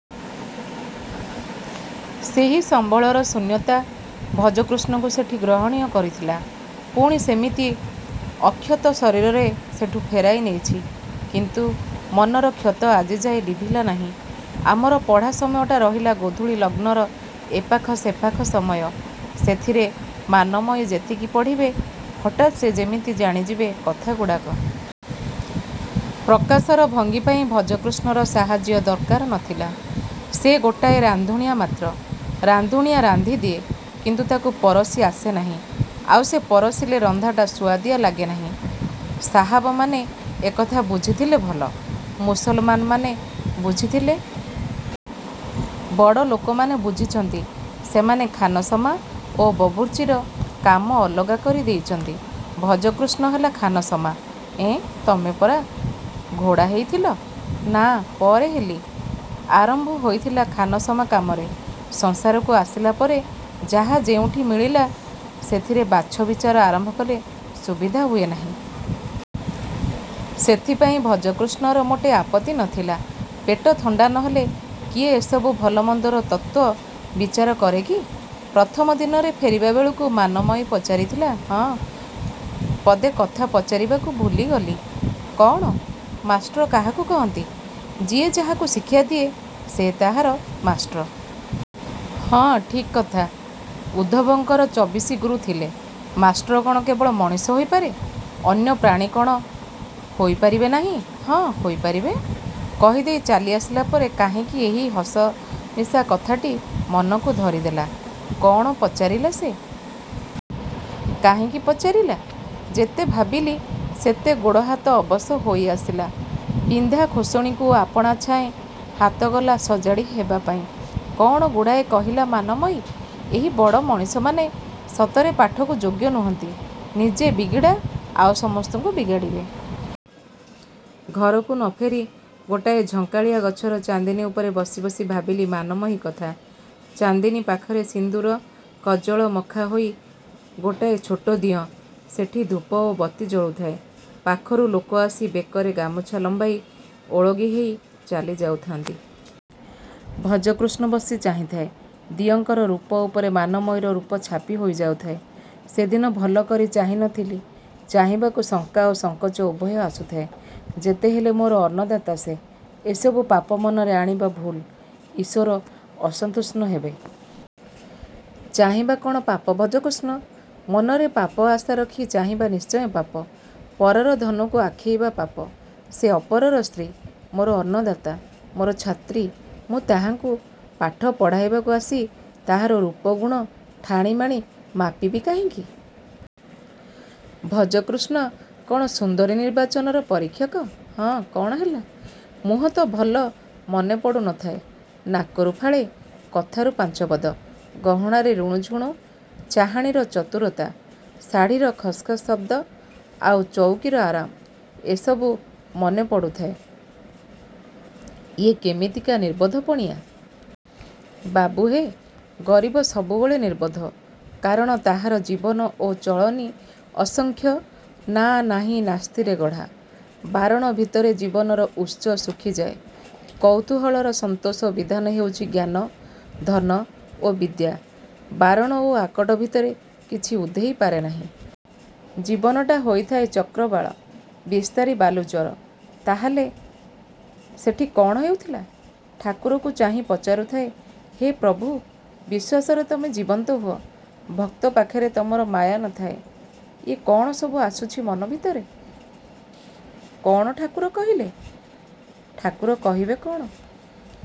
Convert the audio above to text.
ସେହି ସମ୍ବଳର ଶୂନ୍ୟତା ଭଜକୃଷ୍ଣକୁ ସେଠି ଗ୍ରହଣୀୟ କରିଥିଲା। ପୁଣି ସେମିତି ଅକ୍ଷତ ଶରୀରରେ ସେଠୁ ଫେରାଇ ନେଇଛି; କିନ୍ତୁ ମନର କ୍ଷତ ଆଜିଯାଏ ଲିଭିଲା ନାହିଁ। ଆମର ପଢ଼ା ସମୟଟା ରହିଲା ଗୋଧୂଳି ଲଗ୍ନର ଏପାଖ-ସେପାଖ ସମୟ। ସେଥିରେ ମାନମୟୀ ଯେତିକି ପଢ଼ିବେ। ହଠାତ୍ ସେ ଯେମିତି ଜାଣିଯିବେ କଥାଗୁଡ଼ାକ। ପ୍ରକାଶର ଭଙ୍ଗୀ ପାଇଁ ଭଜକୃଷ୍ଣର ସାହାଯ୍ୟ ଦରକାର ନ ଥିଲା। ସେ ଗୋଟାଏ ରାନ୍ଧୁଣିଆ ମାତ୍ର। ରାନ୍ଧୁଣିଆ ରାନ୍ଧି ଦିଏ; କିନ୍ତୁ ତାକୁ ପରସି ଆସେ ନାହିଁ। ଆଉ ସେ ପରସିଲେ ରନ୍ଧାଟା ସୁଆଦିଆ ଲାଗେ ନାହିଁ। ସାହାବମାନେ ଏ କଥା ବୁଝିଥିଲେ ଭଲ। ମୁସଲମାନମାନେ ବୁଝିଥିଲେ-। ବଡ଼ଲୋକମାନେ ବୁଝିଛନ୍ତି-ସେମାନେ ଖାନସମା ଓ ବବୁର୍ଚ୍ଚିର କାମ ଅଲଗା କରି ଦେଇଛନ୍ତି-। ଭଜକୃଷ୍ଣ ହେଲା ଖାନସମା। -ଏଁ ତମେ ପରା ଘୋଡ଼ା ହେଇଥିଲ। -ନା, ପରେ ହେଲି। ଆରମ୍ଭ ହୋଇଥିଲା ଖାନସମା କାମରେ। ସଂସାରକୁ ଆସିଲା ପରେ ଯାହା ଯେଉଁଠି ମିଳିଲା ସେଥିରେ ବାଛ ବିଚାର ଆରମ୍ଭ କଲେ ସୁବିଧା ହୁଏ ନାହିଁ। ସେଥିପାଇଁ ଭଜକୃଷ୍ଣର ମୋଟେ ଆପତ୍ତି ନ ଥିଲା। ପେଟ ଥଣ୍ଡା ନ ହେଲେ କିଏ ଏସବୁ ଭଲମନ୍ଦର ତତ୍ତ୍ୱ ବିଚାର କରେ କି? ପ୍ରଥମ ଦିନରେ ଫେରିଲା ବେଳକୁ ମାନମୟୀ ପଚାରିଥିଲା-ହଁ, ପଦେ କଥା ପଚାରିବାକୁ ଭୁଲିଗଲି। -କ'ଣ? -ମାଷ୍ଟ୍ର କାହାକୁ କହନ୍ତି? -ଯିଏ ଯାହାକୁ ଶିକ୍ଷା ଦିଏ, ସେ ତାହାର ମାଷ୍ଟ୍ର। -ହଁ, ଠିକ୍ କଥା। -ଉଦ୍ଧବଙ୍କର ଚବିଶି ଗୁରୁ ଥିଲେ। ମାଷ୍ଟ୍ର କ'ଣ କେବଳ ମଣିଷ ହୋଇପାରେ? ଅନ୍ୟ ପ୍ରାଣୀ କ'ଣ ହୋଇ ପାରିବେ ନାହିଁ? -ହଁ, ହୋଇ ପାରିବେ। କହି ଦେଇ ଚାଲିଆସିଲା ପରେ କାହିଁକି ଏହି ହସମିଶା କଥାଟି ମନକୁ ଧରିଦେଲା। କ'ଣ ପଚାରିଲା ସେ? କାହିଁକି ପଚାରିଲା? ଯେତେ ଭାବିଲି ସେତେ ଗୋଡ଼ ହାତ ଅବଶ ହୋଇ ଆସିଲା। ପିନ୍ଧା। ଖୋସଣିକୁ ଆପଣା ଛାଏଁ ହାତ ଗଲା ସଜାଡ଼ି ହେବା ପାଇଁ। କ'ଣ ଗୁଡ଼ାଏ କହିଲା-ମାନମୟୀ? ଏହି ବଡ଼ ମଣିଷମାନେ ସତରେ ପାଠକୁ ଯୋଗ୍ୟ ନୁହନ୍ତି। ନିଜେ ବିଗିଡ଼ା ଆଉ ସମସ୍ତଙ୍କୁ ବିଗାଡ଼ିବେ। ଘରକୁ ନ ଫେରି ଗୋଟାଏ ଝଙ୍କାଳିଆ ଗଛର ଚାନ୍ଦିନୀ ଉପରେ ବସି ବସି ଭାବିଲି ମାନମୟୀ କଥା। ଚାନ୍ଦିନୀ ପାଖରେ ସିନ୍ଦୁର କଜଳ ମଖା ହୋଇ ଗୋଟାଏ ଛୋଟ ଦିଅଁ-ସେଠି ଧୂପ ଓ ବତୀ ଜଳୁଥାଏ। ପାଖରୁ ଲୋକ ଆସି ବେକରେ ଗାମୁଛା ଲମ୍ବାଇ ଓଳଗି ହେଇ ଚାଲିଯାଉଥାନ୍ତି। ଭଜକୃଷ୍ଣ ବସି ଚାହିଁଥାଏ। ଦିଅଁଙ୍କର ରୂପ ଉପରେ ମାନମୟୀର ରୂପ ଛାପି ହୋଇ ଯାଉଥାଏ। ସେଦିନ ଭଲକରି ଚାହିଁ ନ ଥିଲି। ଚାହିଁବାକୁ ଶଙ୍କା ଓ ସଙ୍କୋଚ ଉଭୟ ଆସୁଥାଏ। ଯେତେହେଲେ ମୋର ଅନ୍ନଦାତା ସେ। ଏସବୁ ପାପ ମନରେ ଆଣିବା ଭୁଲ୍। ଈଶ୍ୱର ଅସନ୍ତୁଷ୍ଟ ହେବେ। -ଚାହିଁବା କ'ଣ ପାପ ଭଜକୃଷ୍ଣ? -ମନରେ ପାପ ଆଶା ରଖି ଚାହିଁବା ନିଶ୍ଚୟ ପାପ। ପରର ଧନକୁ ଆଖେଇବା ପାପ। ସେ ଅପରର ସ୍ତ୍ରୀ। ମୋର ଅନ୍ନଦାତା। ମୋର ଛାତ୍ରୀ। ମୁଁ ତାହାକୁ ପାଠ ପଢ଼ାଇବାକୁ ଆସି ତାହାର ରୂପଗୁଣ, ଠାଣି ମାଣି ମାପିବି କାହିଁକି? ଭଜକୃଷ୍ଣ କ'ଣ ସୁନ୍ଦରୀ ନିର୍ବାଚନର ପରୀକ୍ଷକ? -ହଁ, କ'ଣ ହେଲା? -ମୁହଁ ତ ଭଲ ମନେ ପଡ଼ୁ ନ ଥାଏ। ନାକରୁ ଫାଳେ, କଥାରୁ ପାଞ୍ଚପଦ, ଗହଣାରେ ରୁଣୁଝୁଣୁ, ଚାହାଣୀର ଚତୁରତା, ଶାଢ଼ୀର ଖସ୍ଖସ୍ ଶବ୍ଦ ଆଉ ଚଉକିର ଆରାମ-ଏ ସବୁ ମନେ ପଡ଼ୁଥାଏ। -ଇଏ କେମିତିକା ନିର୍ବୋଧ-ପଣିଆ? -ବାବୁ ହେ! ଗରିବ ସବୁବେଳେ ନିର୍ବୋଧ। କାରଣ ତାହାର ଜୀବନ ଓ ଚଳନି ଅସଂଖ୍ୟ ନା-ନାହିଁ-ନାସ୍ତିରେ ଗଢ଼ା। ବାରଣ ଭିତରେ ଜୀବନର ଉତ୍ସ ଶୁଖିଯାଏ। କୌତୂହଳର ସନ୍ତୋଷ ବିଧାନ ହେଉଛି ଜ୍ଞାନ, ଧନ ଓ ବିଦ୍ୟା। ବାରଣ ଓ ଆକଟ ଭିତରେ କିଛି ଉଧେଇ ପାରେ ନାହିଁ। ଜୀବନଟା ହୋଇଥାଏ ଚକ୍ରବାଳ-ବିସ୍ତାରି ବାଲୁଚର। -ତାହାହେଲେ ସେଠି କ'ଣ ହେଉଥିଲା? -ଠାକୁରଙ୍କୁ ଚାହିଁ ପଚାରୁଥାଏ-ହେ ପ୍ରଭୁ, ବିଶ୍ୱାସରେ ତମେ ଜୀବନ୍ତ ହୁଅ। ଭକ୍ତ ପାଖରେ ତମର ମାୟା ନ ଥାଏ। ଇଏ କ'ଣ ସବୁ ଆସୁଛି ମନ ଭିତରେ? -କ'ଣ ଠାକୁର କହିଲେ? -ଠାକୁର କହିବେ କ'ଣ?